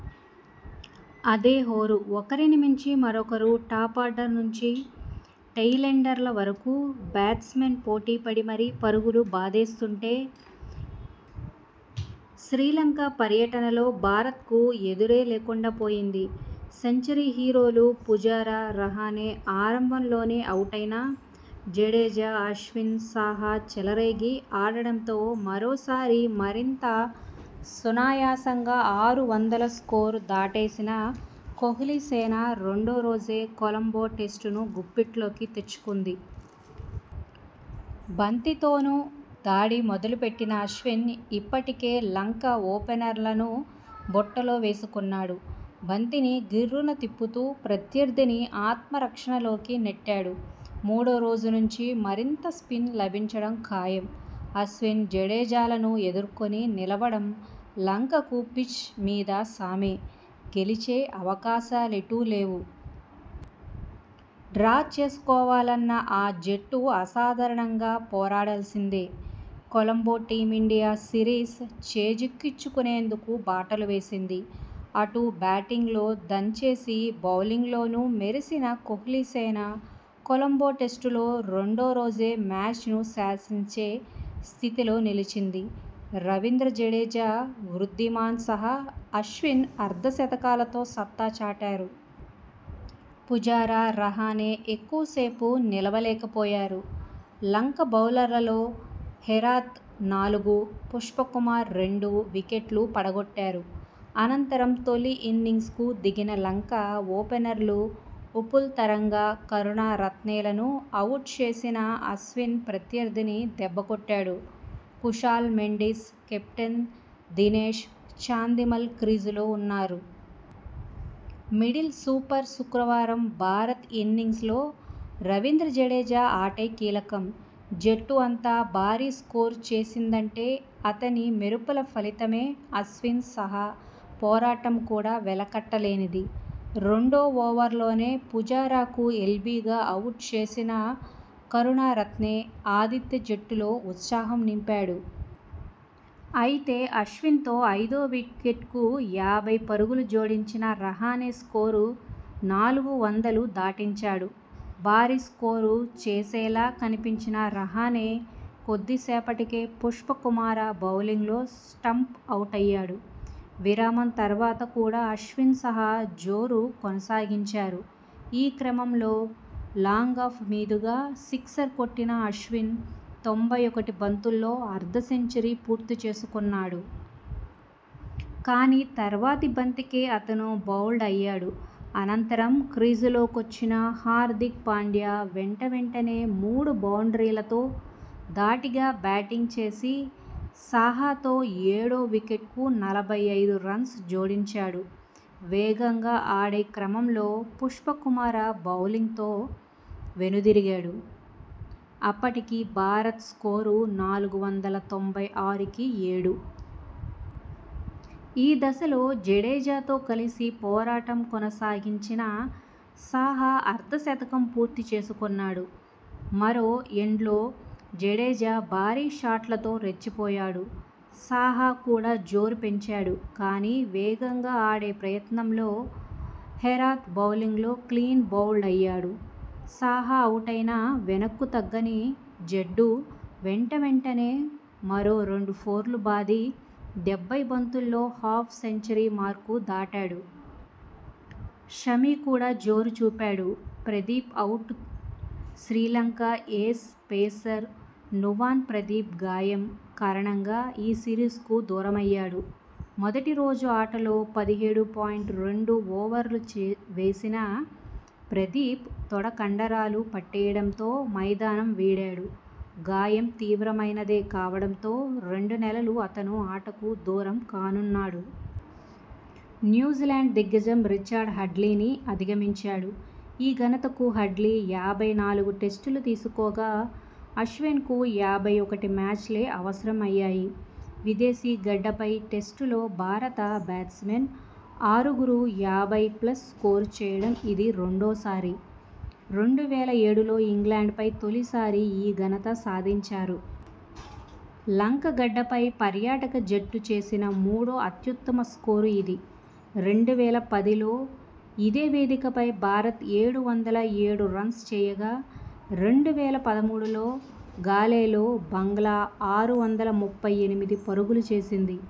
అదే హోరు..! ఒకరినిమించి మరొకరు టాపార్డర్ నుంచి టెయింలెండర్ల వరకూ బ్యాట్స్మెన్ పోటీ పడి మరీ పరుగులు బాదేస్తుంటే.. శ్రీలంక పర్యటనలో భారత్ కు ఎదురేలేకుండా పోయింది..! సెంచరీ హీరోలు పుజారా, రహానె ఆరంభంలోనేఅవుటైనా జడేజా, అశ్విన్, సాహా చెలరేగి ఆడడంతో మరోసారి మరింత సునాయాసంగా ఆరు వందల స్కోరు దాటేసిన కోహ్లీ సేన రెండో రోజే కొలంబో టెస్టును గుప్పిట్లోకి తెచ్చుకుంది..! బంతితోనూ దాడి మొదలు పెట్టిన అశ్విన్ ఇప్పటికే లంక ఓపెనర్లను బుట్టలో వేసుకున్నాడు..! బంతిని గిర్రున తిప్పుతూ ప్రత్యర్థిని ఆత్మరక్షణలోకి నెట్టాడు..! మూడో రోజు నుంచి మరింత స్పిన్ లభించడం ఖాయం..! అశ్విన్, జడేజాలను ఎదుర్కొని నిలవడం లంక కు 'పిచ్'మీద సామే..! గెలిచే అవకాశాలెటూ లేవు.. డ్రా చేసుకోవాలన్నా ఆ జట్టు అసాధారణంగా పోరాడిల్సిందే..! కొలంబో టీమిండియా సిరీస్ చేజిక్కించుకునేందుకు బాటలు వేసింది. అటు బ్యాటింగ్లో దంచేసి బౌలింగ్లోనూ మెరిసిన కోహ్లీసేన కొలంబో టెస్టులో రెండో రోజే మ్యాచ్ను శాసించే స్థితిలో నిలిచింది. రవీంద్ర జడేజా, వృద్ధిమాన్ సాహా, అశ్విన్ అర్ధ శతకాలతో సత్తా చాటారు. పుజారా, రహానె ఎక్కువసేపు నిలువలేకపోయారు. లంక బౌలర్లలో హెరాత్ నాలుగు, పుష్పకుమార రెండు వికెట్లు పడగొట్టారు. అనంతరం తొలి ఇన్నింగ్స్ కు దిగిన లంక.. ఓపెనర్లు ఉపుల్ తరంగ, కరుణ రత్నె లను అవుట్ చేసిన అశ్విన్ ప్రత్యర్థిని దెబ్బకొట్టాడు. కుశాల్ మెండిస్, కెప్టెన్ దినేశ్ చాందిమల్ క్రీజులో ఉన్నారు. మిడిల్ సూపర్ శుక్రవారం భారత్ ఇన్నింగ్స్ లో రవీంద్ర జడేజా ఆటే కీలకం. జట్టు అంత భారీ స్కోరు చేసిందంటే అతని మెరుపుల ఫలితమే. అశ్విన్, సాహా పోరాటం కూడా వెలకట్టలేనిది. రెండో ఓవర్లోనే పుజారాను ఎల్బీగా అవుట్ చేసిన కరుణరత్నె ఆతిథ్య జట్టులో ఉత్సాహం నింపాడు. అయితే, అశ్విన్తో ఐదో వికెట్కు యాభై పరుగులు జోడించిన రహానె స్కోరు నాలుగు వందల దాటించాడు. భారీస్కోరు చేసేలా కనిపించిన రహానె కొద్దిసేపటికే పుష్పకుమార బౌలింగ్లో స్టంప్ ఔటయ్యాడు. విరామం తర్వాత కూడా అశ్విన్, సాహా జోరు కొనసాగించారు. ఈ క్రమంలో లాంగాఫ్ మీదుగా సిక్సర్ కొట్టిన అశ్విన్ తొంభై ఒకటి బంతుల్లో అర్ధ సెంచరీ పూర్తి చేసుకున్నాడు. కానీ, తర్వాతి బంతికే అతను బౌల్డ్ అయ్యాడు. అనంతరం క్రీజులోకొచ్చిన హార్దిక్ పాండ్యా వెంటవెంటనే మూడు బౌండ్రీలతో ధాటిగా బ్యాటింగ్ చేసి సాహాతో ఏడో వికెట్కు నలభై ఐదు రన్స్ జోడించాడు. వేగంగా ఆడే క్రమంలో పుష్పకుమార బౌలింగ్తో వెనుదిరిగాడు. అప్పటికి భారత్ స్కోరు నాలుగు వందల తొంభై ఆరు కి ఏడు. ఈ దశలో జడేజాతో కలిసి పోరాటం కొనసాగించిన సాహా అర్ధ శతకం పూర్తి చేసుకున్నాడు. మరో ఎండ్లో జడేజా భారీ షాట్లతో రెచ్చిపోయాడు. సాహా కూడా జోరు పెంచాడు. కానీ, వేగంగా ఆడే ప్రయత్నంలో హెరాత్ బౌలింగ్లో క్లీన్ బౌల్డ్ అయ్యాడు. సాహా అవుటైనా వెనక్కుతగ్గని జడ్డూ వెంటవెంటనే మరో రెండు ఫోర్లు బాది డెబ్బై బంతుల్లో హాఫ్ సెంచరీ మార్కు దాటాడు. షమి కూడా జోరు చూపాడు. ప్రదీప్ అవుట్ శ్రీలంక ఏస్ పేసర్ నువాన్ ప్రదీప్ గాయం కారణంగా ఈ సిరీస్కు దూరమయ్యాడు. మొద టిరోజు ఆటలో పదిహేడు పాయింట్ రెండు ఓవర్లు వేసిన ప్రదీప్ తొడకండరా లు పట్టేయడంతో మైదానం వీడాడు. గాయం తీవ్రమైనదే కావడంతో రెండు నెలలు అతను ఆటకు దూరంకానున్నాడు. న్యూజిలాండ్ దిగ్గజం రిచర్డ్ హాడ్లీని అధిగమించాడు. ఈ ఘనతకు హాడ్లీ యాభై నాలుగు టెస్టులు తీసుకోగా.. అశ్విన్కు యాభై ఒకటి మ్యాచ్లే అవసరం అయ్యాయి. విదేశీ గడ్డపై టెస్టులో భారత బ్యాట్స్మెన్ ఆరుగురు యాభై ప్లస్ స్కోరు చేయడం ఇది రెండోసారి. రెండు వేల ఏడులో ఇంగ్లండ్ పై తొలిసారి ఈ ఘనత సాధించారు. లంక గడ్డపై పర్యాటక జట్టు చేసిన మూడో అత్యుత్తమ స్కోరు ఇది. రెండు వేల పదిలో ఇదే వేదికపై భారత్ ఏడు వందల ఏడు రన్స్ చేయగా.. రెండు వేల పదమూడులో గాలెలో బంగ్లా ఆరు వందల ముప్పై ఎనిమిది పరుగులు చేసింది.